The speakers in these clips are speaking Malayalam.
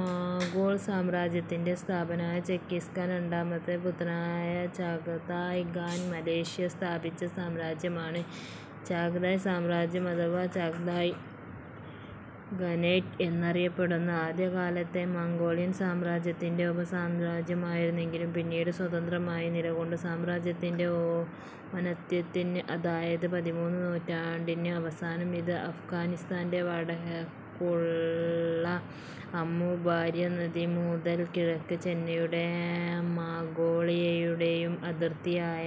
മംഗോൾ സാമ്രാജ്യത്തിൻ്റെ സ്ഥാപകനായ ചെങ്കിസ് ഖാൻ്റെ രണ്ടാമത്തെ പുത്രനായ ചഗതായ് ഖാൻ മധ്യേഷ്യയിൽ സ്ഥാപിച്ച സാമ്രാജ്യമാണ് ചഗതായ് സാമ്രാജ്യം അഥവാ ചഗതായ് ഖാനേറ്റ് എന്നറിയപ്പെടുന്നത്. ആദ്യകാലത്ത് മംഗോളിയൻ സാമ്രാജ്യത്തിൻ്റെ ഉപസാമ്രാജ്യമായിരുന്നെങ്കിലും പിന്നീട് സ്വതന്ത്രമായി നിലകൊണ്ടു. സാമ്രാജ്യത്തിൻ്റെ ഔന്നത്യത്തിൽ അതായത് പതിമൂന്നാം നൂറ്റാണ്ടിൻ്റെ അവസാനം ഇത് അഫ്ഗാനിസ്താൻ്റെ വടക്കുള്ള അമു ദാര്യ നദി മുതൽ കിഴക്ക് ചൈനയുടെയും മംഗോളിയയുടെയും അതിർത്തിയായ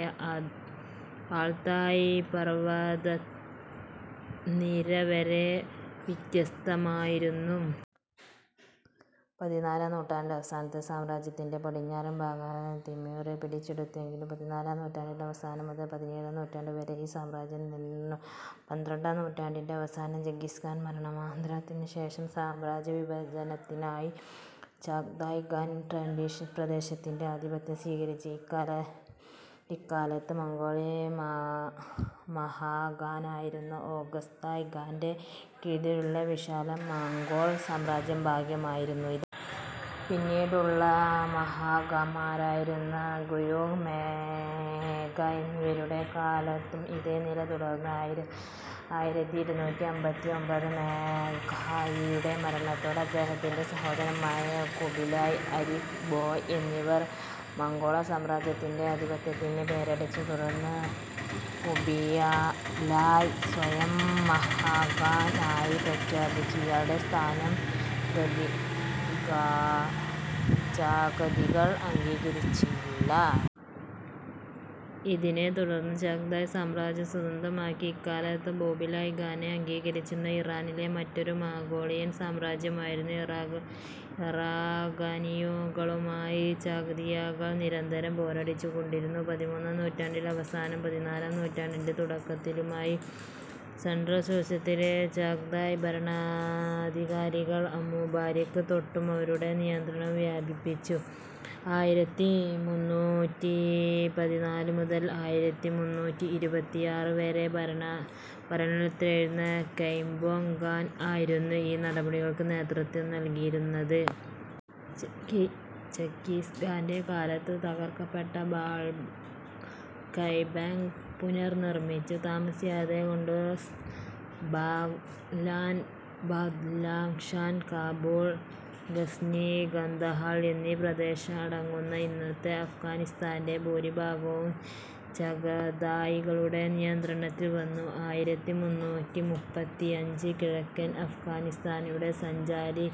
അൾതായ് പർവതനിര വരെ വിസ്തൃതമായിരുന്നു. പതിനാലാം നൂറ്റാണ്ടിൻ്റെ അവസാനത്തോടെ സാമ്രാജ്യത്തിൻ്റെ പടിഞ്ഞാറൻ ഭാഗങ്ങൾ തിമൂർ പിടിച്ചെടുത്തെങ്കിലും പതിനാലാം നൂറ്റാണ്ടിൻ്റെ അവസാനം മുതൽ പതിനേഴാം നൂറ്റാണ്ടുവരെ ഈ സാമ്രാജ്യം നിലനിന്നിരുന്നു. പന്ത്രണ്ടാം നൂറ്റാണ്ടിൻ്റെ അവസാനം ചെങ്കിസ് ഖാൻ മരണമടഞ്ഞതിനുശേഷമുള്ള സാമ്രാജ്യവിഭജനത്തിലാണ് ചഗതായ് ഖാന് ട്രാൻസോക്ഷ്യാന പ്രദേശത്തിൻ്റെ ആധിപത്യം സിദ്ധിച്ചത്. ഇക്കാലത്ത് മംഗോളിയൻ മഹാഖാനായിരുന്ന ഒഗതായ് ഖാൻ്റെ കീഴിലുള്ള വിശാല മംഗോൾ സാമ്രാജ്യത്തിൻ്റെ ഭാഗമായിരുന്നു ഇത്. പിന്നീടുള്ള മഹാഖാന്മാരായിരുന്ന ഗൂയൂക്ക്, മോങ്കെ എന്നിവരുടെ കാലത്തും ഇതേ നില തുടർന്നു. ആയിരത്തി ഇരുന്നൂറ്റി അമ്പത്തിയൊമ്പതിൽ മോങ്കെയുടെ മരണത്തോടെ അദ്ദേഹത്തിൻ്റെ സഹോദരന്മാരായ ഖുബിലായ്, അരീഖ് ബോഖെ എന്നിവർ മംഗോൾ സാമ്രാജ്യത്തിൻ്റെ ആധിപത്യത്തിനായി പോരടിച്ചു. തുടർന്ന് ഖുബിലായ് സ്വയം മഹാഖാൻ ആയി പ്രഖ്യാപിച്ചെങ്കിലും ഇയാളുടെ സ്ഥാനം ചഗതായികൾ അംഗീകരിച്ചില്ല. ഇതിനെത്തുടർന്ന് ചഗതായ് സാമ്രാജ്യം സ്വതന്ത്രമായി. ഇക്കാലത്ത് ഖുബിലായ് ഖാനെ അംഗീകരിച്ചിരുന്ന ഇറാനിലെ മറ്റൊരു മംഗോളിയൻ സാമ്രാജ്യമായിരുന്ന ഇൽഖാനികളുമായി ചഗതായികൾ നിരന്തരം പോരടിച്ചുകൊണ്ടിരുന്നു. പതിമൂന്നാം നൂറ്റാണ്ടിൻ്റെ അവസാനവും പതിനാലാം നൂറ്റാണ്ടിൻ്റെ തുടക്കത്തിലുമായി ട്രാൻസോക്ഷ്യാനയിലെ ചഗതായ് ഭരണാധികാരികൾ അമു ദാര്യക്ക് തെക്കോട്ട് അവരുടെ നിയന്ത്രണം വ്യാപിപ്പിച്ചു. ആയിരത്തി മൂന്നൂറ്റി പതിനാലു മുതൽ ആയിരത്തി മൂന്നൂറ്റി ഇരുപത്തിയാറ് വരെ ഭരണത്തിലിരുന്ന കെബെഗ് ഖാൻ ആയിരുന്നു ഈ നടപടികൾക്ക് നേതൃത്വം നൽകിയിരുന്നത്. ചെങ്കിസ് ഖാൻ്റെ കാലത്ത് തകർക്കപ്പെട്ട ബാൾഖ് കെബെഗ് ഖാൻ പുനർനിർമ്മിച്ചു. താമസിയാതെ ഖുണ്ടുസ്, ബാഘ്ലാൻ, ബദാഖ്ശാൻ, കാബൂൾ, ഗസ്നി, കന്ദഹാർ എന്നീ പ്രദേശങ്ങളടങ്ങുന്ന ഇന്നത്തെ അഫ്ഗാനിസ്താൻ്റെ ഭൂരിഭാഗവും ചഗതായികളുടെ നിയന്ത്രണത്തിൽ വന്നു. ആയിരത്തി മുന്നൂറ്റി മുപ്പത്തിയഞ്ചിൽ കിഴക്കൻ അഫ്ഗാനിസ്താനിലൂടെ സഞ്ചരിച്ച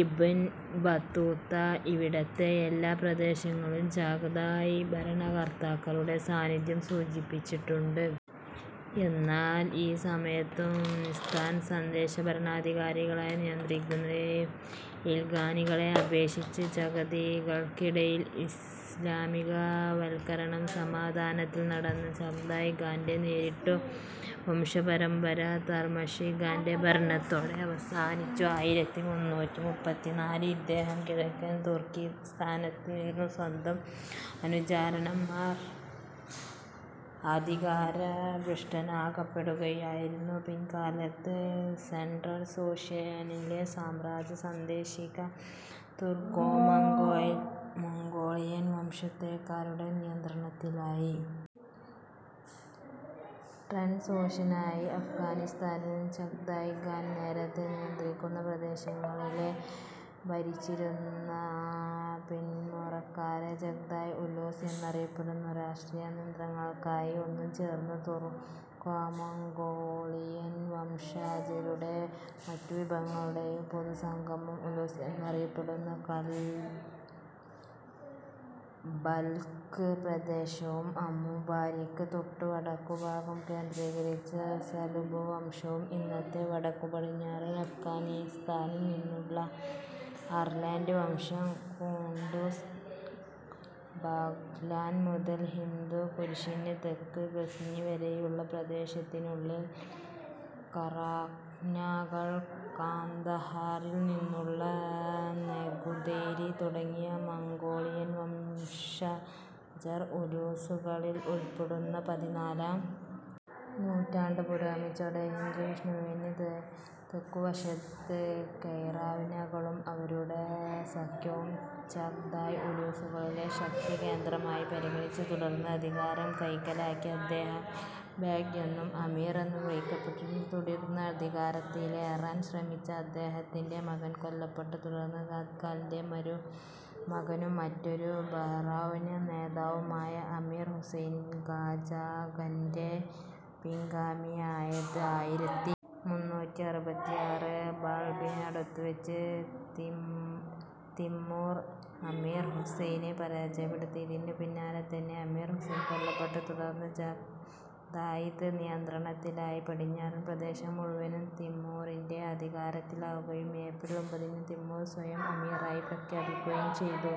ഇബ്ൻ ബത്തൂത്ത ഇവിടത്തെ എല്ലാ പ്രദേശങ്ങളിലെയും ചഗതായ് ഭരണകർത്താക്കളുടെ സാന്നിധ്യം സൂചിപ്പിച്ചിട്ടുണ്ട്. എന്നാൽ ഈ സമയത്തും സിസ്താൻ തദ്ദേശീയ ഭരണാധികാരികളാണ് നിയന്ത്രിച്ചിരുന്നത്. ഇൽഖാനികളെ അപേക്ഷിച്ച് ചഗതായികൾക്കിടയിൽ ഇസ്ലാമികവൽക്കരണം സാവധാനത്തിലായിരുന്നു നടന്നത്. ചഗതായ് ഖാൻ്റെ നേരിട്ടുള്ള വംശപരമ്പര താർമാഷിറിൻ ഖാൻ്റെ ഭരണത്തോടെ അവസാനിച്ചു. ആയിരത്തി മുന്നൂറ്റി മുപ്പത്തിനാലിൽ ഇദ്ദേഹം കിഴക്കൻ തുർക്കിസ്താനിൽ നിന്നുള്ള സ്വന്തം അനുചരന്മാരാൽ അധികാരഭ്രഷ്ടനാക്കപ്പെടുകയായിരുന്നു. പിൽക്കാലത്ത് ട്രാൻസോക്ഷ്യാനയിലെ സാമ്രാജ്യം തദ്ദേശീയ തുർക്കോമംഗോളിയൻ വംശനേതാക്കളുടെ നിയന്ത്രണത്തിലായി. ട്രാൻസോക്ഷ്യാനയിലും അഫ്ഗാനിസ്താനിലും ചഗതായ് ഖാന്മാർ നേരത്തേ നിയന്ത്രിച്ചിരുന്ന പ്രദേശങ്ങളിൽ ഭരിച്ചിരുന്ന പിന്മുറക്കാരെ ചഗതായ് ഉലുസ് എന്ന് അറിയപ്പെടുന്നു. രാഷ്ട്രീയ നിയന്ത്രണത്തിനായി ഒന്നുചേർന്ന തുർക്കോമംഗോളിയൻ വംശജരുടെയും മറ്റുവിഭാഗങ്ങളുടെയും പൊതുസംഘമാണ് ഉലുസ് എന്നറിയപ്പെട്ടിരുന്നത്. ബൽഖ് പ്രദേശവും അമു ദാര്യക്ക് തൊട്ടു വടക്കുഭാഗവും കേന്ദ്രീകരിച്ച സുലുഭു വംശം, ഇന്നത്തെ വടക്കുപടിഞ്ഞാറൻ അഫ്ഗാനിസ്താനിൽ നിന്നുള്ള അർലാട്ട് വംശം, ഖുണ്ടുസ്, ബാഘ്ലാൻ മുതൽ ഹിന്ദുകുഷിന് തെക്ക് ഗസ്നി വരെയുള്ള പ്രദേശത്തുനിന്നുള്ള ഖ്വാറാവ്നകൾ, കന്ദഹാറിൽ നിന്നുള്ള നെഗുദേരി തുടങ്ങിയ മംഗോളിയൻ വംശജർ ഉലുസുകളിൽ ഉൾപ്പെടുന്നു. പതിനാലാം നൂറ്റാണ്ട് പുരോഗമിച്ചതോടെ ഹിന്ദുകുഷിന് തെക്കുവശത്ത് ഖ്വാറാവ്നകളും അവരുടെ സഖ്യവും ചഗതായ് ഉലുസുകളിലെ ശക്തികേന്ദ്രമായി പരിണമിച്ചു. തുടർന്ന് അധികാരം കൈക്കലാക്കിയ അദ്ദേഹം ബെഗ് എന്നും ആമിർ എന്നും വിളിക്കപ്പെട്ടിരുന്നു. തുടർന്ന് അധികാരത്തിലേറാൻ ശ്രമിച്ച അദ്ദേഹത്തിൻ്റെ മകൻ കൊല്ലപ്പെട്ടു. തുടർന്ന് ഖാജാഘാൻ്റെ മരുമകനും മറ്റൊരു ഖ്വാറാവ്ന നേതാവുമായ ആമിർ ഹുസൈനാണ് ഖാജാഘാൻ്റെ പിൻഗാമിയായത്. ആയിരത്തി മുന്നൂറ്റി അറുപത്തിയാറിൽ ബാൾഖിനടുത്തുവച്ച് തിമൂർ ആമിർ ഹുസൈനെ പരാജയപ്പെടുത്തി. ഇതിനു പിന്നാലെ തന്നെ ആമിർ ഹുസൈൻ കൊല്ലപ്പെട്ടു. തുടർന്ന് ചഗതായിദ് നിയന്ത്രണത്തിലായിരുന്ന പടിഞ്ഞാറൻ പ്രദേശങ്ങൾ മുഴുവൻ തിമൂറിൻ്റെ അധീനതയിലാകുകയും ഏപ്രിൽ ഒമ്പതിന് തിമൂർ സ്വയം അമീറായി പ്രഖ്യാപിക്കുകയും ചെയ്തു.